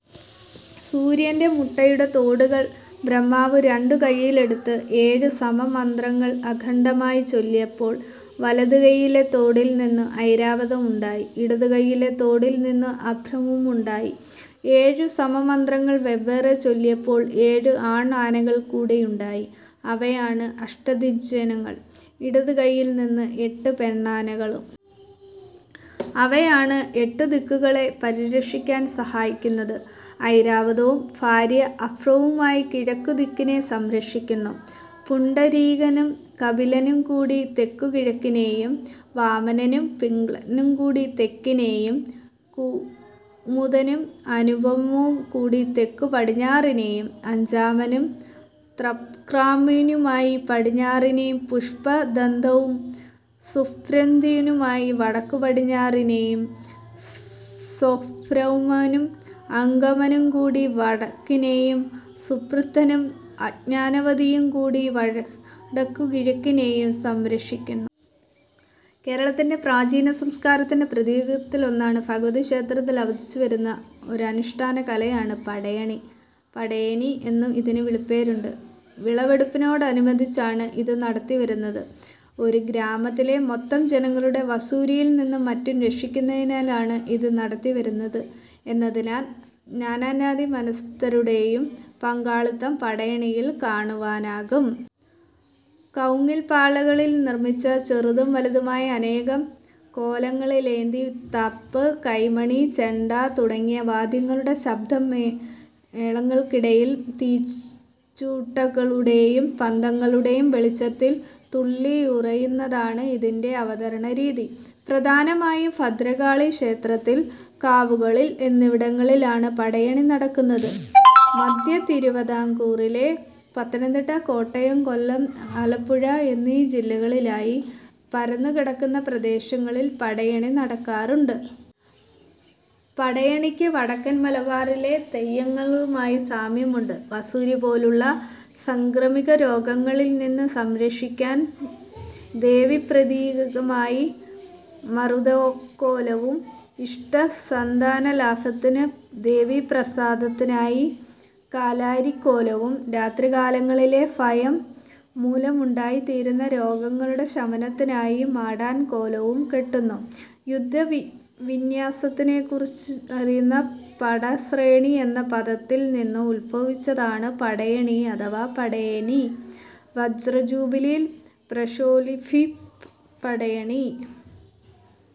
സൂര്യന്റെ മുട്ടയുടെ തോടുകള് ബ്രപ്മാവു രണ്ടു കൈയിലുമെടുത്ത് ഏഴു സാമ മന്ത്രങ്ങൾ അഖണ്ഡമായി ചൊല്ലിയപ്പോൾ വലതെ കൈയിലെ തോടിൽ നിന്നും ഐരാവതം ഉണ്ടായി. ഇടതുകൈയിലെ തോടിൽ നിന്നും അഭ്രമുവുമുണ്ടായി. ഏഴുസാമമന്ത്രങ്ങൾ വെവ്വേറെ ചൊല്ലിയപ്പോൾ ഏഴു ആൺ ആനകൾ കൂടിയുണ്ടായി. അവയാണ് അഷ്ടദ്വിഗജങ്ങൾ. ഇടതുകൈയിൽ നിന്ന് എട്ട് പെണ്ണാനകളും. അവയാണ് എട്ടുദിക്കുകളെ പരിരക്ഷിക്കാൻ സഹായിക്കുന്നത്. ഐരാവതവും ഭാര്യ അഭ്രമുവുമായി കിഴക്കു ദിക്കിനെ സംരക്ഷിക്കുന്നു. പുണ്ഡരീകനും കപിലയും കൂടി തെക്കു-കിഴക്കിനേയും വമനനും പിംഗളയും കൂടി തെക്കിനേയും കുമുദനും അനുപമയും കൂടി തെക്കു-പടിഞ്ഞാറിനേയും അഞ്ചാനനും തംമ്രകാമിയുമായി പടിഞ്ഞാറിനേയും പുഷ്പ ദന്ദനും ശുഭരദന്ദിയുമായി വടക്കു-പടിഞ്ഞാറിനേയും സാര്വഭൌമനും അംഗനയും കൂടി വടക്കിനേയും സുപ്രധികനും അഞജനവതിയും കൂടീ വടക്കുകിഴക്കിനേയും സംരക്ഷിക്കുന്നു. കേരളത്തിന്റെ പ്രാചീന സംസ്കാരത്തിന്റെ പ്രതീകങ്ങളിലൊന്നായി ഭഗവതി ക്ഷേത്രങ്ങളിൽ അവതരിപ്പിച്ചുവരുന്ന ഒരു അനുഷ്ഠാനകലയാണ് പടയണി. പടേനി എന്നും ഇതിനു വിളിപ്പേരുണ്ട്.. വിളവെടുപ്പിനോടനുബന്ധിച്ച് ആണ് ഇത് നടത്തിവരുന്നത്. ഒരു ഗ്രാമത്തിലെ മൊത്തം ജനങ്ങളെയും വസൂരിയിൽ നിന്നും മറ്റും രക്ഷിക്കുന്നതിനായാണ് ഇത് നടത്തിവരുന്നത് എന്നതിനാൽ നാനാജാതിമതസ്ഥരുടേയും പങ്കാളിത്തം പടയണിയിൽ കാണുവാനാകും. കവുങ്ങിൻപാളകളിൽ നിർമ്മിച്ച ചെറുതും വലുതുമായ അനേകം കോലങ്ങളേന്തി തപ്പ്, കൈമണി, ചെണ്ട തുടങ്ങിയ വാദ്യങ്ങളുടെ ശബ്ദമേളങ്ങൾക്കിടയിൽ തീച്ചൂട്ടുകളുടേയും പന്തങ്ങളുടേയും വെളിച്ചത്തിൽ തുള്ളിയുറയുന്നതാണ് ഇതിന്റെ അവതരണരീതി. പ്രധാനമായും ഭദ്രകാളി ക്ഷേത്രത്തിൽ, കാവുകളിൽ എന്നിവിടങ്ങളിൽ ആണ് പടയണി നടക്കുന്നത്. മധ്യ തിരുവിതാംകൂറിലെ പത്തനംതിട്ട, കോട്ടയം, കൊല്ലം, ആലപ്പുഴ എന്നീ ജില്ലകളിലായി പരന്നുകിടക്കുന്ന പ്രദേശങ്ങളിൽ പടയണി നടത്താറുണ്ട്. പടയണിക്കു വടക്കൻ മലബാറിലെ തെയ്യങ്ങളുമായി സാമ്യം ഉണ്ട്. വസൂരിപോലെയുള്ള സാംക്രമികരോഗങ്ങളിൽ നിന്നു രക്ഷിക്കാൻ ദേവീപ്രീതിക്കായി മറുതക്കോലവും ഇഷ്ടസന്താനലാഭത്തിനു ദേവീപ്രസാദത്തിനായി കാലാരിക്കോലവും രാത്രികാലങ്ങളിലെ ഭയംമൂലമുണ്ടായിത്തീരുന്ന രോഗങ്ങളുടെ ശമനത്തിനായി മാടൻകോലവും കെട്ടുന്നു. യുദ്ധവിന്യാസത്തെക്കുറിയ്ക്കുന്ന പടശ്രേണി എന്ന പദത്തിൽ നിന്നും ഉത്ഭവിച്ചതാണ് പടയണി അഥവാ പടേനി. വജ്രജൂബിലി ഫെലോഷിപ്പ് പടയണി